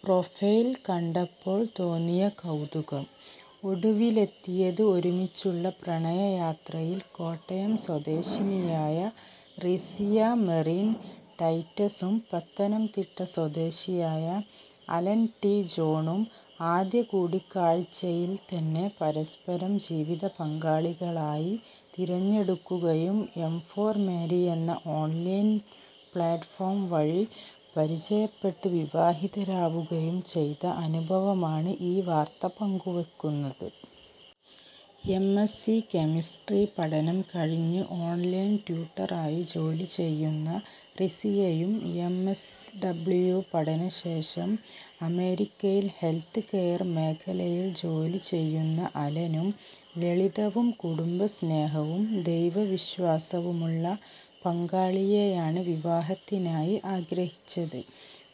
Profile കണ്ടപ്പോൾ തോന്നിയ കൗതുകം; ഒടുവിലെത്തിയത് ഒരുമിച്ചുള്ള പ്രണയ യാത്രയിൽ കോട്ടയം സ്വദേശിനിയായ റിസിയ മെറിൻ ടൈറ്റസും പത്തനംതിട്ട സ്വദേശിയായ അലൻ ടി ജോണും ആദ്യ കൂടിക്കാഴ്ചയിൽത്തന്നെ പരസ്പരം ജീവിതപങ്കാളികളായി തിരഞ്ഞെടുക്കുകയും എംഫോർ മാരി എന്ന ഓൺലൈൻ പ്ലാറ്റ്ഫോം വഴി പരിചയപ്പെട്ട് വിവാഹിതരാവുകയും ചെയ്ത അനുഭവമാണ് ഈ വാർത്ത പങ്കുവെക്കുന്നത്. എം. എസ്. സി കെമിസ്ട്രി പഠനം കഴിഞ്ഞ് ഓൺലൈൻ ട്യൂട്ടറായി ജോലി ചെയ്യുന്ന റിസിയയും എം. എസ്. ഡബ്ല്യു പഠനശേഷം അമേരിക്കയിൽ ഹെൽത്ത്കെയർ മേഖലയിൽ ജോലി ചെയ്യുന്ന അലനും ലളിതവും കുടുംബ സ്നേഹവും ദൈവവിശ്വാസവുമുള്ള പങ്കാളിയെയാണ് വിവാഹത്തിനായി ആഗ്രഹിച്ചത്.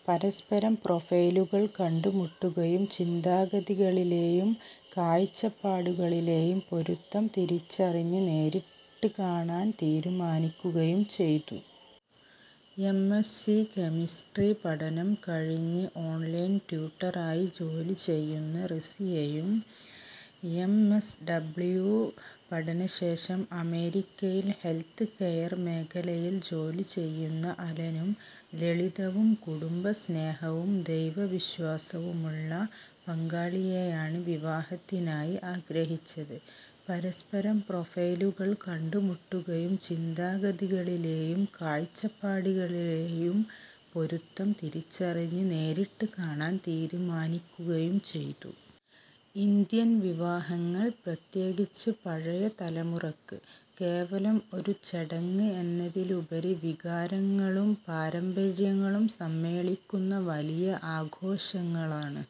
പരസ്പരം പ്രൊഫൈലുകൾ കണ്ടുമുട്ടുകയും ചിന്താഗതികളിലെയും കാഴ്ചപ്പാടുകളിലെയും പൊരുത്തം തിരിച്ചറിഞ്ഞ് നേരിട്ട് കാണാൻ തീരുമാനിക്കുകയും ചെയ്തു. എം. എസ്. സി കെമിസ്ട്രി പഠനം കഴിഞ്ഞ് ഓൺലൈൻ ട്യൂട്ടറായി ജോലി ചെയ്യുന്ന റിസിയയും എം. എസ്. ഡബ്ല്യു പഠനശേഷം അമേരിക്കയിൽ ഹെൽത്ത്കെയർ മേഖലയിൽ ജോലി ചെയ്യുന്ന അലനും ലളിതവും കുടുംബ സ്നേഹവും ദൈവവിശ്വാസവുമുള്ള പങ്കാളിയെയാണ് വിവാഹത്തിനായി ആഗ്രഹിച്ചത്. പരസ്പരം പ്രൊഫൈലുകൾ കണ്ടുമുട്ടുകയും ചിന്താഗതികളിലെയും കാഴ്ചപ്പാടുകളിലെയും പൊരുത്തം തിരിച്ചറിഞ്ഞ് നേരിട്ട് കാണാൻ തീരുമാനിക്കുകയും ചെയ്തു. ഇന്ത്യൻ വിവാഹങ്ങൾ, പ്രത്യേകിച്ച് പഴയ തലമുറക്ക്, കേവലം ഒരു ചടങ്ങ് എന്നതിലുപരി വികാരങ്ങളും പാരമ്പര്യങ്ങളും സമ്മേളിക്കുന്ന വലിയ ആഘോഷങ്ങളാണ്.